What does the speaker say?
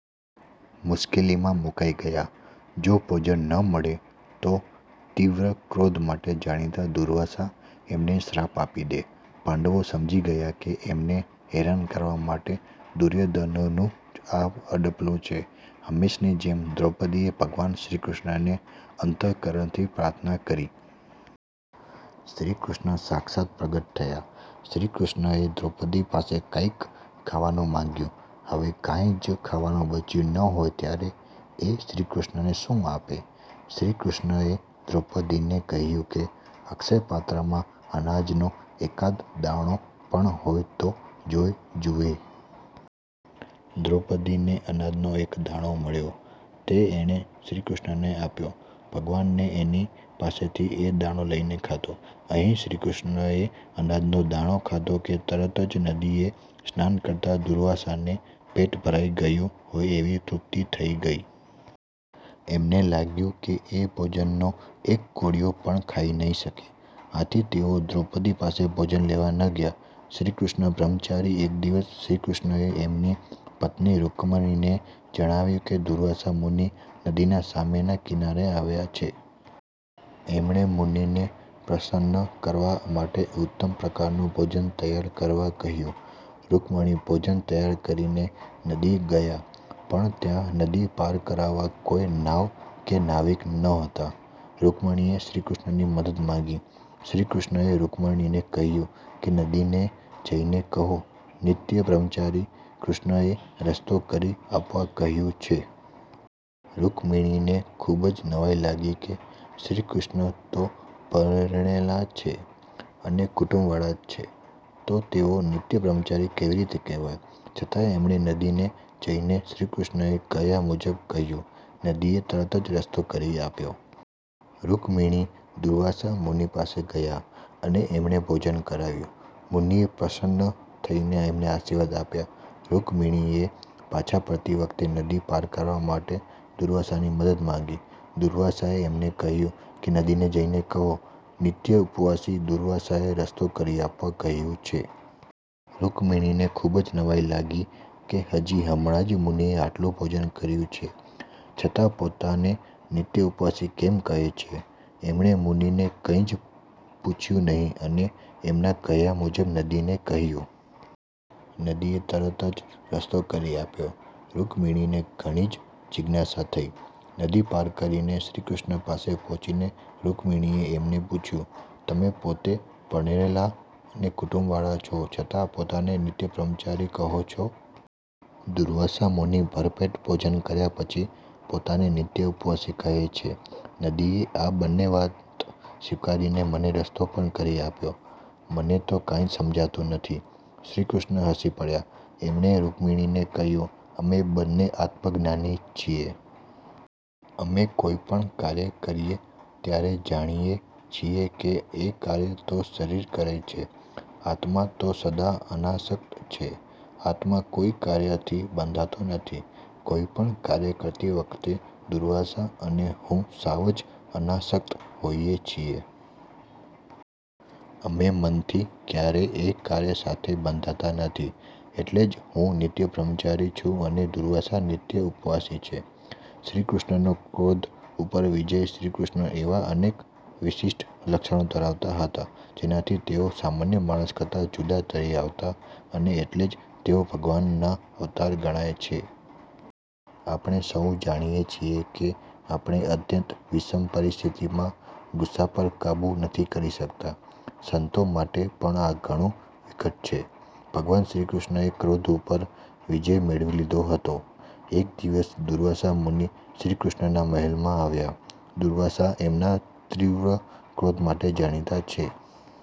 મુશ્કેલીમાં મુકાઇ ગયા. જો ભોજન ન મળે તો તીવ્ર ક્રોધ માટે જાણીતા દુર્વાસા એમને શ્રાપ આપી દે. પાંડવો સમજી ગયા કે એમને હેરાન કરવા માટે દુર્યોધનનું જ આ અડપલું છે. હંમેશની જેમ દ્રૌપદીએ ભગવાન શ્રીકૃષ્ણની અંત:કરણથી પ્રાર્થના કરી. શ્રીકૃષ્ણ સાક્ષાત પ્રગટ થયા! શ્રીકૃષ્ણએ દ્રૌપદી પાસે કાંઇક ખાવાનું માંગ્યું. હવે કાંઈ જ ખાવાનું બચ્યું ન હોય ત્યારે એ શ્રીકૃષ્ણને શું આપે? શ્રીકૃષ્ણએ દ્રૌપદીને કહ્યું કે અક્ષયપાત્રમાં અનાજનો એકાદ દાણો પણ હોય તો જોઈ જુએ. દ્રૌપદીને અનાજનો એક દાણો મળ્યો તે એણે શ્રીકૃષ્ણને આપ્યો. ભગવાને એની પાસેથી એ દાણો લઈને ખાધો. અહીં શ્રીકૃષ્ણએ અનાજનો દાણો ખાધો કે તરત જ નદીએ સ્નાન કરતા દુર્વાસાને પેટ ભરાઈ ગયું હોય એવી તૃપ્તિ થઇ ગઈ! એમને લાગ્યું કે એ ભોજનનો એક કોળિયો પણ નહીં ખાઈ શકે. આથી તેઓ દ્રૌપદી પાસે ભોજન લેવા ન ગયા. શ્રીકૃષ્ણ બ્રહ્મચારી એક દિવસ શ્રીકૃષ્ણએ એમની પત્ની રુકમિણીને જણાવ્યું કે દુર્વાસા મુનિ નદીના સામેના કિનારે આવ્યા છે. એમણે મુનિને પ્રસન્ન કરવા માટે ઉત્તમ પ્રકારનું ભોજન તૈયાર કરવા કહ્યું. રુકમિણી ભોજન તૈયાર કરીને નદીએ ગયાં પણ ત્યાં નદી પાર કરાવવા કોઈ નાવ કે નાવિક નહોતા. રુકમિણીએ શ્રીકૃષ્ણની મદદ માંગી. શ્રીકૃષ્ણએ રુકમિણીને કહ્યું કે નદીને જઈને કહો, "નિત્ય બ્રહ્મચારી કૃષ્ણએ રસ્તો કરી આપવા કહ્યું છે". રુકમિણીને ખુબ જ નવાઈ લાગી કે શ્રીકૃષ્ણ તો પરણેલા છે અને કુટુંબ વાળા છે તો તેઓ નિત્ય બ્રહ્મચારી કેવી રીતે કહેવાય? છતાંય એમણે નદીને જઈને શ્રીકૃષ્ણએ કહ્યા મુજબ કહ્યું. નદીએ તરત જ રસ્તો કરી આપ્યો. રુકમિણી દુર્વાસા મુનિ પાસે ગયાં અને એમને ભોજન કરાવ્યું. મુનિએ પ્રસન્ન થઈને એમને આશીર્વાદ આપ્યા. રુકમિણીએ પાછા ફરતી વખતે નદી પાર કરવા માટે દુર્વાસાની મદદ માંગી. દુર્વાસાએ એમને કહ્યું કે નદીને જઈને કહો, "નિત્ય ઉપવાસી દુર્વાસાએ રસ્તો કરી આપવા કહ્યું છે". રુકમિણીને ખુબ જ નવાઈ લાગી કે હજી હમણાં જ મુનિએ આટલું ભોજન કર્યું છે છતાં પોતાને નિત્ય ઉપવાસી કેમ કહે છે? એમણે મુનિને કાંઈ જ પૂછ્યું નહીં અને એમના કહ્યા મુજબ નદીને કહ્યું. નદીએ તરત જ રસ્તો કરી આપ્યો. રુકમિણીને ઘણી જ જીજ્ઞાસા થઇ. નદી પાર કરીને શ્રીકૃષ્ણ પાસે પહોંચીને રુકમિણીએ એમને પૂછ્યું, "તમે પોતે પરણેલા અને કુટુંબ વાળા છો છતાં પોતાને નિત્ય બ્રહ્મચારી કહો છો. દુર્વાસા મુનિ ભરપેટ ભોજન કર્યા પછી પોતાને નિત્ય ઉપવાસી કહે છે. નદીએ આ બંને વાત સ્વીકારીને મને રસ્તો પણ કરી આપ્યો. મને તો કાંઈ સમજાતું નથી". શ્રીકૃષ્ણ હસી પડ્યા. એમણે રુકમિણીને કહ્યું, "અમે બંને આત્મજ્ઞાની છીએ. અમે કોઈ પણ કાર્ય કરીએ ત્યારે જાણીએ છીએ કે એ કાર્ય તો શરીર કરે છે. આત્મા તો સદા અનાસક્ત છે આત્મા કોઈ કાર્યથી બંધાતો નથી. કોઈ પણ કાર્ય કરતી વખતે દુર્વાસા અને હું સાવ જ અનાસક્ત હોઈએ છીએ. અમે મનથી ક્યારેય એ કાર્ય સાથે બંધાતા નથી. એટલે જ હું નિત્ય બ્રહ્મચારી છું અને દુર્વાસા નિત્ય ઉપવાસી છે". શ્રીકૃષ્ણનો ક્રોધ ઉપર વિજય શ્રીકૃષ્ણ એવા અનેક વિશિષ્ઠ લક્ષણો ધરાવતા હતા જેનાથી તેઓ સામાન્ય માણસ કરતાં જુદા તરી આવતા અને એટલે જ તેઓ ભગવાનના અવતાર ગણાય છે. આપણે સૌ જાણીએ છીએ કે આપણે અત્યંત વિષમ પરિસ્થિતિમાં ગુસ્સા પર કાબુ નથી કરી શકતા. સંતો માટે પણ આ ઘણું વિકટ છે. ભગવાન શ્રીકૃષ્ણએ ક્રોધ ઉપર વિજય મેળવી લીધો હતો. એક દિવસ દુર્વાસા મુનિ શ્રીકૃષ્ણના મહેલમાં આવ્યા. દુર્વાસા એમના તીવ્ર ક્રોધ માટે જાણીતા છે.